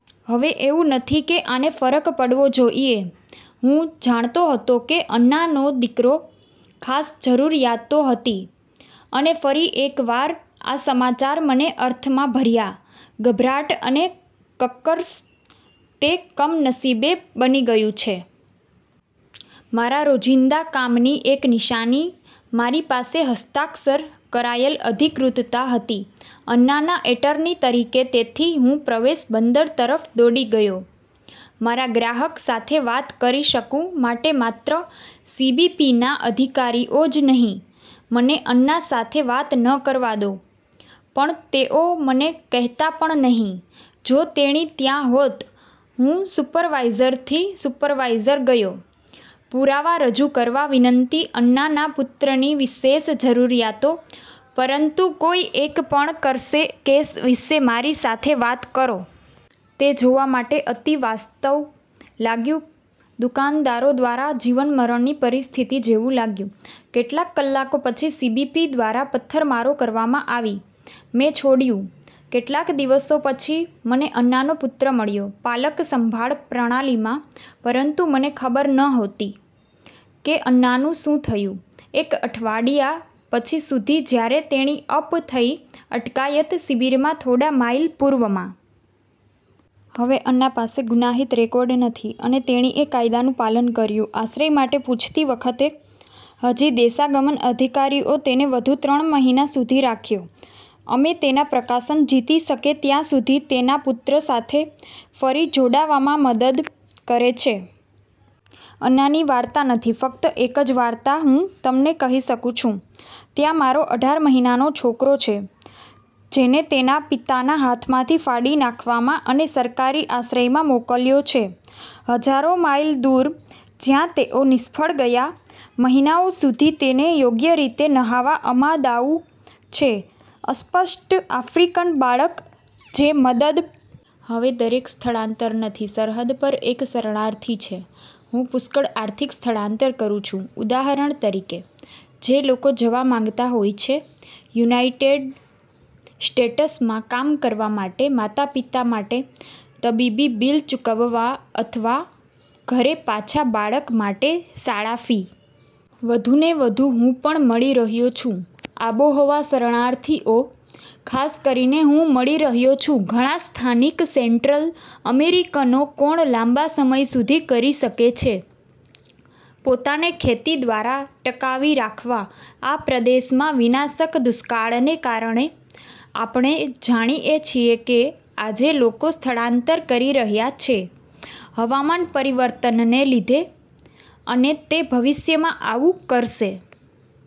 હવે એવું નથી કે આને ફરક પડવો જોઈએ, હું જાણતો હતો કે અન્નાનો દીકરો ખાસ જરૂરિયાતો હતી અને ફરી એકવાર આ સમાચાર મને અર્થમાં ભર્યા ગભરાટ અને કર્કશ, તે કમનસીબે બની ગયું છે., મારા રોજિંદા કામની એક નિશાની. મારી પાસે હસ્તાક્ષર કરાયેલ અધિકૃતતા હતી, અન્નાના એટર્ની તરીકે ,તેથી હું પ્રવેશ બંદર તરફ દોડી ગયો. મારા ગ્રાહક સાથે વાત કરી શકું માટે માત્ર સીબીપીના અધિકારીઓ જ નહીં મને અન્ના સાથે વાત ન કરવા દો, પણ તેઓ મને કહેતા પણ નહીં જો તેણી ત્યાં હોત, હું સુપરવાઇઝરથી સુપરવાઇઝર ગયો, પુરાવા રજૂ કરવા વિનંતી અન્નાના પુત્રની વિશેષ જરૂરિયાતો, પરંતુ કોઈ એક પણ કરશે કેસ વિશે મારી સાથે વાત કરો. તે જોવા માટે અતિવાસ્તવ લાગ્યું દુકાનદારો દ્વારા જીવન-મરણની પરિસ્થિતિ જેવું લાગ્યું. કેટલાક કલાકો પછી સીબીપી દ્વારા પથ્થરમારો કરવામાં આવી મેં છોડ્યું. કેટલાક દિવસો પછી, મને અન્નાનો પુત્ર મળ્યો પાલક-સંભાળ પ્રણાલીમાં. પરંતુ મને ખબર નહોતી કે અન્નાનું શું થયું એક અઠવાડિયા પછી સુધી, જ્યારે તેણી અપ થઈ અટકાયત શિબિરમાં થોડા માઇલ પૂર્વમાં. હવે, અન્ના પાસે ગુનાહિત રેકોર્ડ નથી અને તેણીએ કાયદાનું પાલન કર્યું. આશ્રય માટે પૂછતી વખતે હજી દેશાગમન અધિકારીઓ તેને વધુ ત્રણ મહિના સુધી રાખ્યો, અમે તેના પ્રકાશન જીતી શકે ત્યાં સુધી તેના પુત્ર સાથે ફરી જોડાવામાં મદદ કરે છે. અન્નાની વાર્તા નથી. ફક્ત એક જ વાર્તા હું તમને કહી શકું છું. ત્યાં મારો અઢાર મહિનાનો છોકરો છે, જેને તેના પિતાના હાથમાંથી ફાડી નાખવામાં અને સરકારી આશ્રયમાં મોકલ્યો છે હજારો માઇલ દૂર, જ્યાં તેઓ નિષ્ફળ ગયા મહિનાઓ સુધી તેને યોગ્ય રીતે નહાવા અમાદાઉ છે, અસ્પષ્ટ આફ્રિકન બાળક, જે। મદદ હવે દરેક સ્થળાંતર નથી સરહદ પર એક શરણાર્થી છે. હું પુષ્કળ આર્થિક સ્થળાંતર કરું છું. ઉદાહરણ તરીકે, જે લોકો જવા માંગતા હોય છે યુનાઇટેડ સ્ટેટ્સમાં કામ કરવા માટે, માતાપિતા માટે તબીબી બીલ ચૂકવવા અથવા ઘરે પાછા બાળક માટે શાળા ફી. વધુને વધુ, હું પણ મળી રહ્યો છું આબોહવા શરણાર્થીઓ. ખાસ કરીને, હું મળી રહ્યો છું ઘણા સ્થાનિક સેન્ટ્રલ અમેરિકનો કોણ લાંબા સમય સુધી કરી શકે છે, પોતાને ખેતી દ્વારા ટકાવી રાખવા. આ પ્રદેશમાં વિનાશક દુષ્કાળને કારણે આપણે જાણીએ છીએ કે આજે લોકો સ્થળાંતર કરી રહ્યા છે. હવામાન પરિવર્તનને લીધે, અને તે ભવિષ્યમાં આવું કરશે.